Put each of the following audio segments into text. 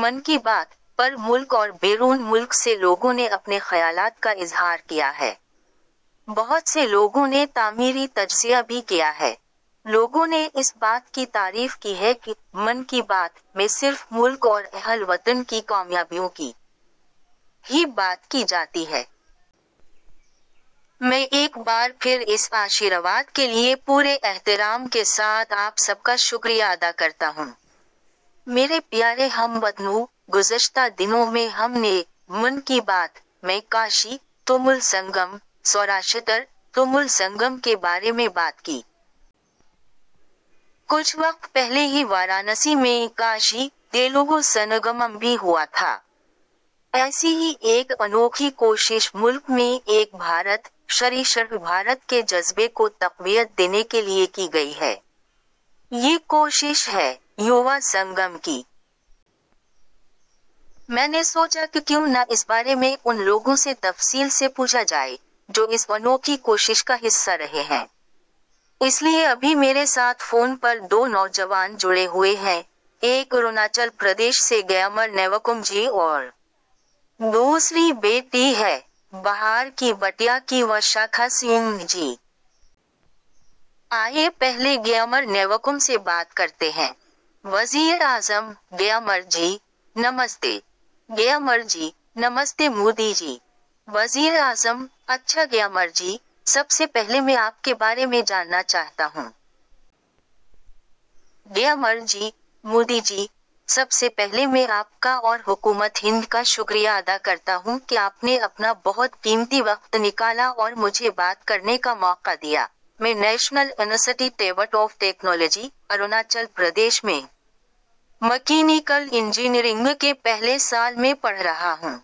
'من کی بات' پر ملک اور بیرون ملک سے لوگوں نے اپنے خیالات کا اظہار کیا ہے۔ بہت سے لوگوں نے تعمیری تجزیہ بھی کیا ہے۔ لوگوں نے اس بات کی تعریف کی ہے کہ 'من کی بات' میں صرف ملک اور اہل وطن کی کامیابیوں کی ہی بات کی جاتی ہے۔ میں ایک بار پھر اس آشیرواد کے لیے پورے احترام کے ساتھ آپ سب کا شکریہ ادا کرتا ہوں۔ میرے پیارے ہم وطنو، گذشتہ دنوں میں ہم نے 'من کی بات' میں کاشی-تمل سنگم، سوراشٹر-تمل سنگم کے بارے میں بات کی۔ کچھ وقت پہلے ہی وارانسی میں کاشی-تیلگو سنگمم بھی ہوا تھا۔ ایسی ہی ایک انوکھی کوشش ملک میں ایک بھارت، شریشٹھ بھارت کے جذبے کو تقویت دینے کے لیے کی گئی ہے۔ یہ کوشش ہے ، یووا سنگم کی۔ میں نے سوچا کہ کیوں نہ اس بارے میں ان لوگوں سے تفصیل سے پوچھا جائے ، جو اس انوکھی کوشش کا حصہ رہے ہیں۔ اس لیے ابھی میرے ساتھ فون پر دو نوجوان جڑے ہوئے ہیں – ایک اروناچل پردیش سے گیامر نیوکُم جی اور دوسری بیٹی ہے ، بہار کی بٹیا کی وشاکھا سنگھ جی۔ آئیے پہلے گیامر نیوکُم سے بات کرتے ہیں۔ وزیر اعظم: گیامر جی، نمستے! گیامر جی: نمستے مودی جی! وزیر اعظم: اچھا گیامر جی، سب سے پہلے میں آپ کے بارے میں جاننا چاہتا ہوں۔ گیامر جی – مودی جی، سب سے پہلے میں آپ کا اور حکومت ہند کا شکریہ ادا کرتا ہوں کہ آپ نے اپنا بہت قیمتی وقت نکالا اور مجھے بات کرنے کا موقع دیا، میں national institute of technology, Arunachal Pradesh میں مکینیکل انجینئرنگ کے پہلے سال میں پڑھ رہا ہوں۔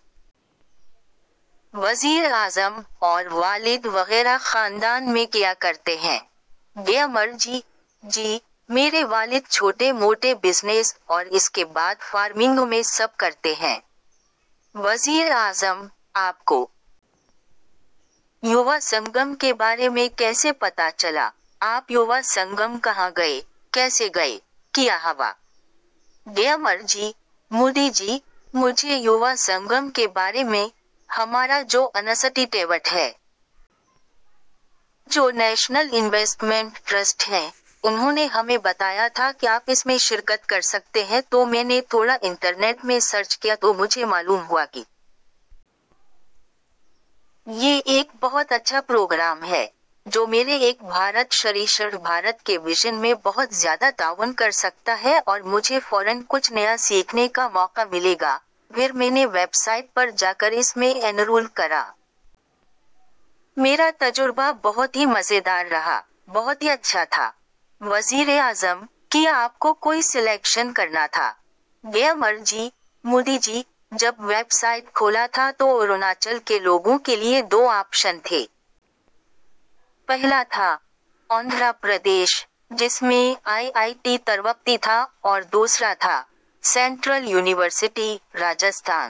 وزیر اعظم: اور والد وغیرہ خاندان میں کیا کرتے ہیں ؟ گیامر جی: جی ، میرے والد چھوٹے موٹے بزنس اور اس کے بعد فارمنگ میں سب کرتے ہیں۔ وزیر اعظم: آپ کو یووا سنگم کے بارے میں کیسے پتہ چلا، آپ یووا سنگم کہاں گئے، کیسے گئے، کیا ہوا؟ گیامر جی: مودی جی، مجھے یووا سنگم کے بارے میں ، ہمارا جو انسٹی ٹیوٹ ہے ، جو این آئی ٹی ہیں ، انہوں نے ہمیں بتایا تھا کہ آپ اس میں شرکت کر سکتے ہیں تو میں نے تھوڑا انٹرنیٹ میں سرچ کیا تو مجھے معلوم ہوا کہ یہ ایک بہت اچھا پروگرام ہے، جو میرے ایک بھارت شریشٹھ بھارت کے ویژن میں بہت زیادہ تعاون کر سکتا ہے اور مجھے فوراً کچھ نیا سیکھنے کا موقع ملے گا، پھر میں نے ویب سائٹ پر جا کر اس میں اینرول کرا۔ میرا تجربہ بہت ہی مزیدار رہا ، بہت ہی اچھا تھا۔ وزیراعظم: کیا آپ کو کوئی سلیکشن کرنا تھا؟ گیامر جی: مودی جی ، جب ویب سائٹ کھولا تھا تو اروناچل کے لوگوں کے لیے دو آپشن تھے۔ پہلا تھا ، آندھرا پردیش ، جس میں آئی آئی ٹی تروپتی تھا اور دوسرا تھا ، سنٹرل یونیورسٹی، راجستھان۔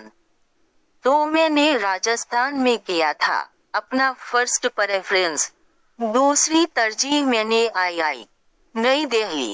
تو میں نے راجستھان میں کیا تھا ، اپنا فرسٹ پریفرینس۔ دوسری ترجیح میں نے آئی آئی. نئی دہلی۔